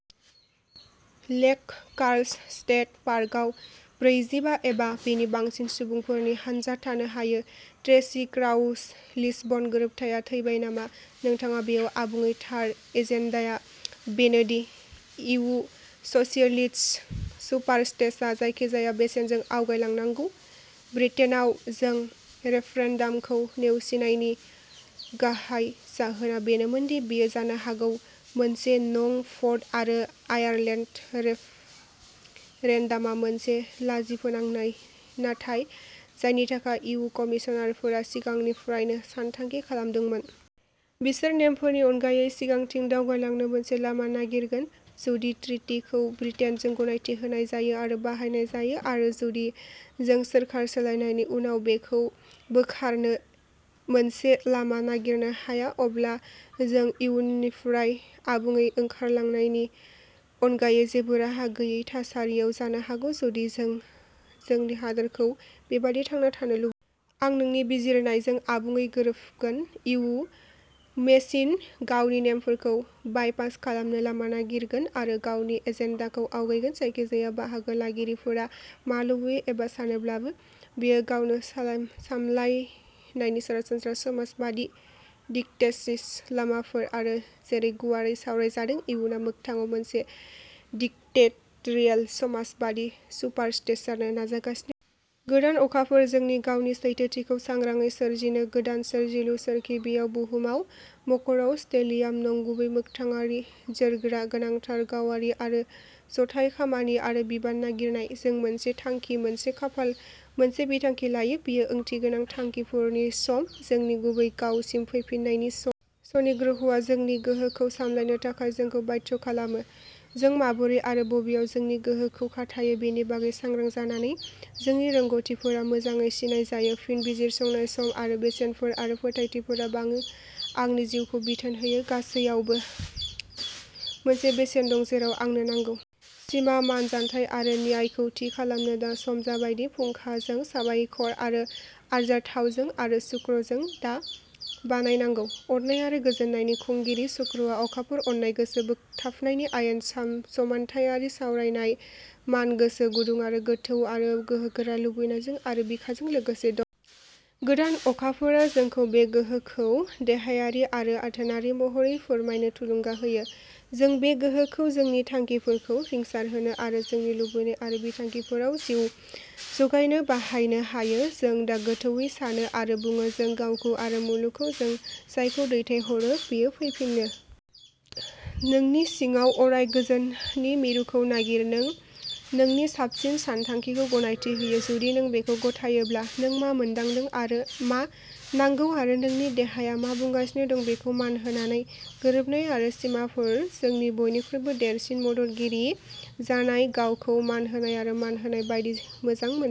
लेक Carlos State पार्कआव ब्रैजिबा एबा बेनि बांसिन सुबुंफोरनि हानजा थानो हायो। ट्रेसी क्राउच लिसबन गोरोबथाया थैबाय नामा नोंथाङा बेयाव आबुङै थार एजेन्डाआ बेनो दि इयु स'सियेलिस्ट सुपारस्टेटआ जायखिजाया बेसेनजों आवगायलांनांगौ। ब्रिटेनआव जों रेफरेन्डामखौ नेवसिनायनि गाहाय जाहोना बेनोमोन दि बेयो जानो हागौ मोनसे नं भ'ट, आरो आयारलेन्ड रेफरेन्डामआ मोनसे लाजिफोनांनाय नाथाय जायनि थाखाय इयु कमिसारफोरा सिगांनिफ्रायनो सानथांखि खालामदोंमोन। बिसोर नेमफोरनि अनगायै सिगांथिं दावगालांनो मोनसे लामा नागिरगोन। जुदि ट्रिटिखौ ब्रिटेनजों गनायथि होनाय जायो आरो बाहायनाय जायो, आरो जुदि जों सोरखार सोलायनायनि उनाव बेखौ बोखारनो मोनसे लामा नागिरनो हाया, अब्ला जों इयुनिफ्राय आबुङै ओंखारलांनायनि अनगायै जेबो राहा गैयै थासारियाव थानो हागौ जुदि जों जोंनि हादोरखौ बेबादि थांना थानो लुबैयो। आं नोंनि बिजिरनायजों आबुङै गोरोबगोन। इयु मेसिन गावनि नेमफोरखौ बायपास खालामनो लामा नागिरगोन आरो गावनि एजेन्डाजों आवगायगोन, जायखिजाया बाहागो लागिरिफोरा मा लुबैयो एबा सानोब्लाबो। बेनो गावनो सामलायनायनि सरासनस्रा समाजबादि डिक्टेटरशिप लामाफोर आरो जेरै गुवारै सावरायजादों, इयुआ मोगथाङाव मोनसे डिक्टेटरियेल समाजबादि सुपारस्टेट जानो नाजागासिनो दं। गोदान अखाफोर, जोंनि गावनि सैथोथिखौ सांग्रांयै सोरजिनो गोदान सोरजिलु सोरखि, बेयाव बुहुमाव। मकरआव स्टेलियाम, नंगुबै, मोगथाङारि, जोरग्रा, गोनांथार, गावारि आरो जथाय खामानि आरो बिबान नागिरनाय। जों मोनसे थांखि, मोनसे खाफाल मोनसे बिथांखि लायो, बेयो ओंथिगोनां थांखिफोरनि सम, जोंनि गुबै गावसिम फैफिन्नायनि सम। शनि ग्रहआ जोंनि गोहोखौ सामलायनो थाखाय जोंखौ बाध्य खालामो, जों माबोरै आरो बबेयाव जोंनि गोहोखौ खाथायो बेनि बागै सांग्रां जानानै। जोंनि रोंग'थिफोरा मोजाङै सिनाय जायो फिन बिजिरसंनाय सम, आंनि बेसेनफोर आरो फोथायथिफोरा आंनि जिउखौ बिथोन होयो गासैयावबो मोनसे बेसेन दं, जेराव आंनो नांगौ। सिमा, मान, जानथाय आरो न्यायखौ थि खालामनो दा सम जाबाय दि फुंखा जों, साबायखर आरो आरजाथावजों आरो शुक्र जों दा बानायनांगौ। अननाय आरो गोजोननायनि खुंगिरि शुक्रआ अखाफोर, अननाय, गोसो बोगथाबनायनि आयेन, समानथायारि सावरायनाय, मान, गोसो गुदुं आरो गोथौ आरो गोहोगोरा लुबैनायजों आरो बिखाजों लोगोसे दं। गोदान अखाफोरा जोंखौ बे गोहोखौ देहायारि आरो आथोनारि महरै फोरमायनो थुलुंगा होयो। जों बे गोहोखौ जोंनि थांखिफोरखौ रिंसारहोनो आरो जोंनि लुबैनाय आरो बिथांखिफोराव जिउ जगायनो बाहायनो हायो। जों दा गोथौवै सानो आरो बुङो, जों गावखौ आरो मुलुगखौ, जों जायखौ दैथायहरो बेयो फैफिनो। नोंनि सिङाव अराय गोजोननि मिरुखौ नागिर, नों नोंनि साबसिन सानथांखिखौ गनायथि होयो जुदि नों बेखौ गथायोब्ला, नों मा मोनदांदों, मा नांगौ, आरो नोंनि देहाया मा बुंगासिनो दं बेखौ मान होनानै। गोरोबनाय आरो सिमाफोर जोंनि बयनिख्रुइबो देरसिन मददगिरि जानाय, गावखौ मान होनाय आरो मान होनाय बायदि मोजां मोननाय।